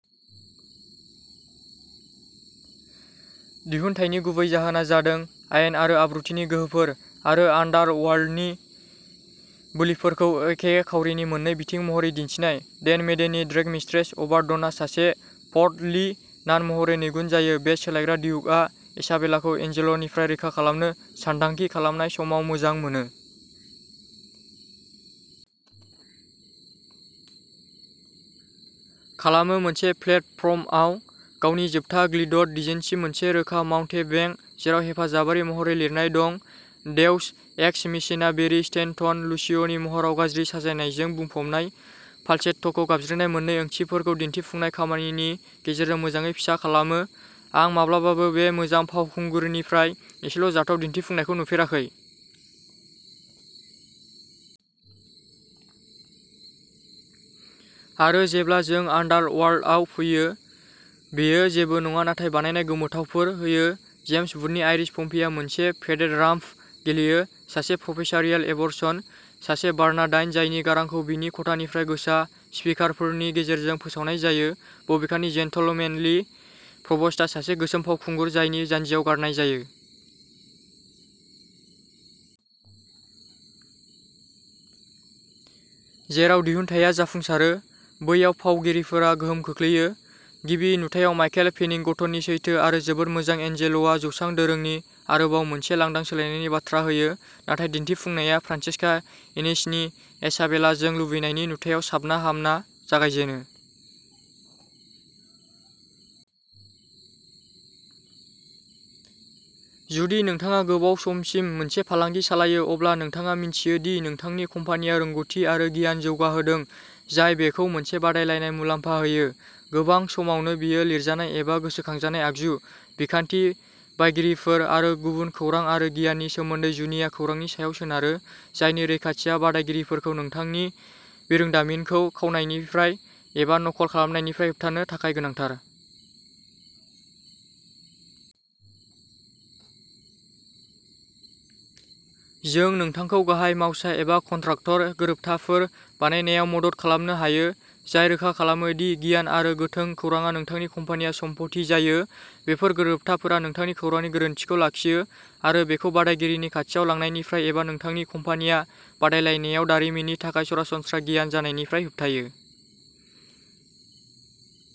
दिहुनथायनि गुबै जाहोना जादों आयेन आरो आब्रुथिनि गोहोफोर आरो आन्डारवर्ल्डनि बोलिफोरखौ एखे खावरिनि मोन्नै बिथिं महरै दिन्थिनाय। डेन मेडेननि ड्रेग मिस्ट्रेस अभारडनआ सासे पोर्टलि नान महरै नैगुन जायो भेस सोलायग्रा ड्युकआ इसाबेलाखौ एन्जेल'निफ्राय रैखा खालामनो सानदांखि खालामनाय समाव मोजां मोनो। खालामो मोनसे प्लेटफर्मआव गावनि जोबथा गिल्डड डिसेन्टसिम मोनसे रोखा माउन्टेबेंक जेराव हेफाजाबारि महरै लिरनाय दं देउस एक्स मेचिना बेरि स्टेनटन लुसिय'नि महराव गाज्रि साजायनायजों बुंफबनाय फाल्सेट्ट'खौ गाबज्रिनाय मोननै ओंथिफोरखौ दिनथिफुंनाय खामानिनि गेजेरजों मोजाङै फिसा खालामो आं माब्लाबाबो बे मोजां फावखुंगुरनिफ्राय एसेल'जाथाव दिन्थिफुंनायखौ नुफेराखै। आरो जेब्ला जों आन्डारवर्ल्डआव फैयो बेयो जेबो नङा नाथाय बानायनाय गोमोथावफोर होयो जेम्स बुथनि आइरिश पम्पीआ मोनसे पेडेड राम्प गेलेयो सासे प्रफेसारियेल एबरसन, सासे बार्नाडाइन जायनि गारांखौ बिनि खथानिफ्राय गोसा स्पिकारफोरनि गेजेरजों फोसावनाय जायो बबेखानि जेन्टलमेनलि प्रभस्टआ सासे गोसोम फावखुंगुर जायनि जान्जियाव गारनाय जायो। जेराव दिहुनथाया जाफुंसारो, बैयाव फावगिरिफोरा गोहोम खोख्लैयो। गिबि नुथायाव माइकेल पेनिंगटननि सैथो आरो जोबोद मोजां एन्जेल'आ जौसां दोरोंनि आरोबाव मोनसे लांदां सोलायनायनि बाथ्रा होयो नाथाय दिन्थिफुंनाया फ्रान्सेस्का एनिसनि इसाबेलाजों लुबैनायनि नुथायाव साबना-हामना जागायजेनो। जुदि नोंथाङा गोबाव समसिम मोनसे फालांगि सालायो अब्ला नोंथाङा मिन्थियो दि नोंथांनि कम्पानिया रोंग'थि आरो गियान जौगाहोदों जाय बेखौ मोनसे बादायलायनाय मुलाम्फा होयो। गोबां समावनो बेयो लिरजानाय एबा गोसोखांजानाय आगजु, बिखान्थि, बायगिरिफोर, आरो गुबुन खौरां आरो गियाननि सोमोन्दै जुनिया खौरांनि सायाव सोनारो जायनि रैखाथिआ बादायगिरिफोरखौ नोंथांनि बिरोंदामिनखौ खावनायनिफ्राय एबा नकल खालामनायनिफ्राय होबथानो थाखाय गोनांथार। जों नोंथांखौ गाहाय मावसा एबा कन्ट्राक्टर गोरोबथाफोर बानायनायाव मदद खालामनो हायो जाय रोखा खालामो दि गियान आरो गोथों खौरांआ नोंथांनि कम्पानिया सम्पथि जायो। बेफोर गोरोबथाफोरा नोंथांनि खौरांनि गोरोनथिखौ लाखियो आरो बेखौ बादायगिरिनि खाथियाव लांनायनिफ्राय एबा नोंथांनि कम्पानिया बादायलायनायाव दारिमिननि थाखाय सरासनस्रा गियान जानायनिफ्राय होबथायो।